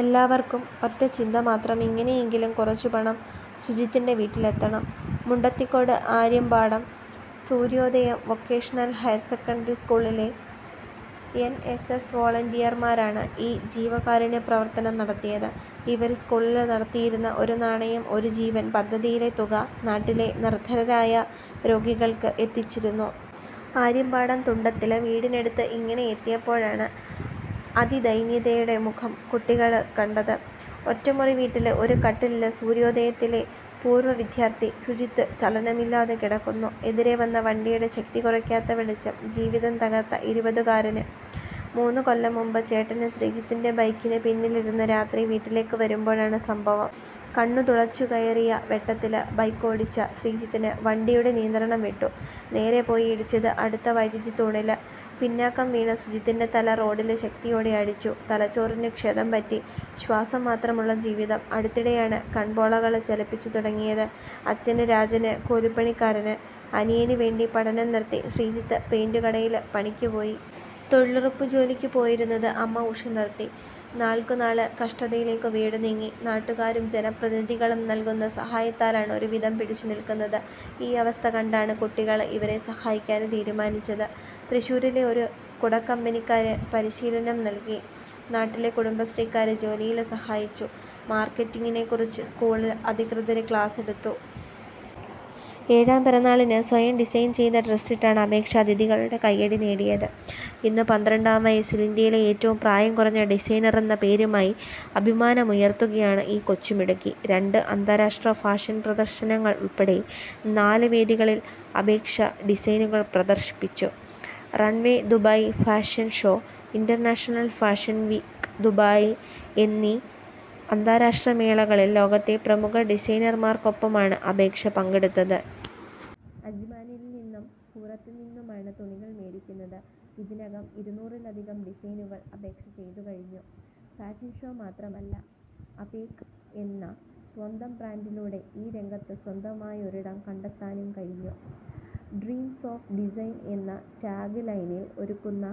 എല്ലാവര്ക്കും ഒറ്റച്ചിന്തമാത്രം ഇങ്ങനെയെങ്കിലും കുറച്ചുപണം സുജിത്തിന്റെ വീട്ടിലെത്തണം. Mundathikode Aryampadam Sarvodayam vocational higher secondary സ്കൂളിലെ എന്. എസ്. എസ്. വൊളന്റിയര്മാരാണ് ഈ ജീവകാരുണ്യപ്രവര്ത്തനം നടത്തിയത്. ഇവര് സ്കൂളില് നടത്തിയിരുന്ന 'ഒരു നാണയം ഒരു ജീവന്' പദ്ധതിയിലെ തുക നാട്ടിലെ നിര്ധനരായ രോഗികള്ക്ക് എത്തിച്ചിരുന്നു. ആര്യമ്പാടം തുണ്ടത്തില് വീടിനടുത്ത് ഇങ്ങനെ എത്തിയപ്പോഴാണ് അതിദൈന്യതയുടെ മുഖം കുട്ടികള് കണ്ടത്. ഒറ്റമുറിവീട്ടില് ഒരു കട്ടിലില് സര്വോദയത്തിലെ പൂര്വവിദ്യാര്ഥി സുജിത്ത് ചലനമില്ലാതെ കിടക്കുന്നു. എതിരേ വന്ന വണ്ടിയുടെ ശക്തി കുറയ്ക്കാത്ത വെളിച്ചം ജീവിതം തകര്ത്ത ഇരുപതുകാരന്. മൂന്നുകൊല്ലംമുമ്പ് ചേട്ടന് ശ്രീജിത്തിന്റെ ബൈക്കിനു പിന്നിലിരുന്ന് രാത്രി വീട്ടിലേക്കു വരുമ്പോഴാണ് സംഭവം. കണ്ണുതുളച്ചുകയറിയ വെട്ടത്തില്, ബൈക്കോടിച്ച ശ്രീജിത്തിന് വണ്ടിയുടെ നിയന്ത്രണംവിട്ടു. നേരെ പോയി ഇടിച്ചത് അടുത്ത വൈദ്യുതിത്തൂണില്. പിന്നാക്കം വീണ സുജിത്തിന്റെ തല റോഡില് ശക്തിയോടെ അടിച്ചു. തലച്ചോറിന് ക്ഷതം പറ്റി. ശ്വാസംമാത്രമുള്ള ജീവിതം. അടുത്തിടെയാണ് കണ്പോളകള് ചലിപ്പിച്ചുതുടങ്ങിയത്. അച്ഛന് രാജന് കൂലിപ്പണിക്കാരന്. അനിയനുവേണ്ടി പഠനം നിര്ത്തി ശ്രീജിത്ത് പെയിന്റുകടയില് പണിക്കുപോയി. തൊഴിലുറപ്പുജോലിക്കു പോയിരുന്നത് അമ്മ ഉഷ നിര്ത്തി. നാള്ക്കുനാള് കഷ്ടതയിലേക്കു വീട് നീങ്ങി. നാട്ടുകാരും ജനപ്രതിനിധികളും നല്കുന്ന സഹായത്താലാണ് ഒരുവിധം പിടിച്ചുനില്ക്കുന്നത്. ഈ അവസ്ഥ കണ്ടാണ് കുട്ടികള് ഇവരെ സഹായിക്കാന് തീരുമാനിച്ചത്. തൃശ്ശൂരിലെ ഒരു കുടക്കമ്പനിക്കാര് പരിശീലനം നല്കി. നാട്ടിലെ കുടുംബശ്രീക്കാര് ജോലിയില് സഹായിച്ചു. മാര്ക്കറ്റിങ്ങിനെക്കുറിച്ച് സ്കൂള് അധികൃതര് ക്ലാസെടുത്തു. ഏഴാം പിറന്നാളിന് സ്വയം ഡിസൈൻ ചെയ്ത ഡ്രസ്സിട്ടാണ് അപേക്ഷ അതിഥികളുടെ കൈയടി നേടിയത്. ഇന്ന് പന്ത്രണ്ടാംവയസ്സിൽ ഇന്ത്യയിലെ ഏറ്റവും പ്രായം കുറഞ്ഞ ഡിസൈനറെന്ന പേരുമായി അഭിമാനമുയർത്തുകയാണ് ഈ കൊച്ചു മിടുക്കി. രണ്ട് അന്താരാഷ്ട്ര ഫാഷൻ പ്രദർശനങ്ങൾ ഉൾപ്പെടെ നാല് വേദികളിൽ അപേക്ഷ ഡിസൈനുകൾ പ്രദർശിപ്പിച്ചു. Runway Dubai fashion show, international fashion week Dubai എന്നീ അന്താരാഷ്ട്ര മേളകളിൽ ലോകത്തെ പ്രമുഖ ഡിസൈനർമാർക്കൊപ്പമാണ് അപേക്ഷ പങ്കെടുത്തത്. അജ്മാനിൽ നിന്നും സൂറത്തിൽ നിന്നുമാണ് തുണികൾ മേടിക്കുന്നത്. ഇതിനകം ഇരുനൂറിലധികം ഡിസൈനുകൾ അപേക്ഷ ചെയ്തുകഴിഞ്ഞു. ഫാഷൻ ഷോ മാത്രമല്ല 'അപേക്' എന്ന സ്വന്തം ബ്രാൻഡിലൂടെ ഈ രംഗത്ത് സ്വന്തമായൊരിടം കണ്ടെത്താനും കഴിഞ്ഞു. ഡ്രീംസ് ഓഫ് ഡിസൈൻ എന്ന ടാഗ് ലൈനിൽ ഒരുക്കുന്ന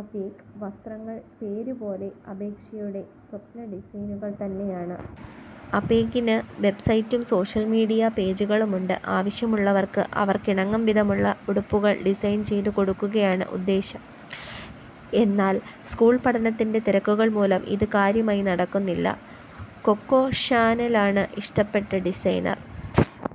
അപേക് വസ്ത്രങ്ങൾ പേരുപോലെ അപേക്ഷയുടെ സ്വപ്ന ഡിസൈനുകൾ തന്നെയാണ്. അപേകിന് വെബ്സൈറ്റും സോഷ്യൽ മീഡിയ പേജുകളുമുണ്ട്. ആവശ്യമുള്ളവർക്ക് അവർക്കിണങ്ങും വിധമുള്ള ഉടുപ്പുകൾ ഡിസൈൻ ചെയ്തു കൊടുക്കുകയാണ് ഉദ്ദേശ്യം. എന്നാൽ സ്കൂൾ പഠനത്തിന്റെ തിരക്കുകൾ മൂലം ഇത് കാര്യമായി നടക്കുന്നില്ല. കൊക്കോ ഷാനലാണ് ഇഷ്ടപ്പെട്ട ഡിസൈനർ.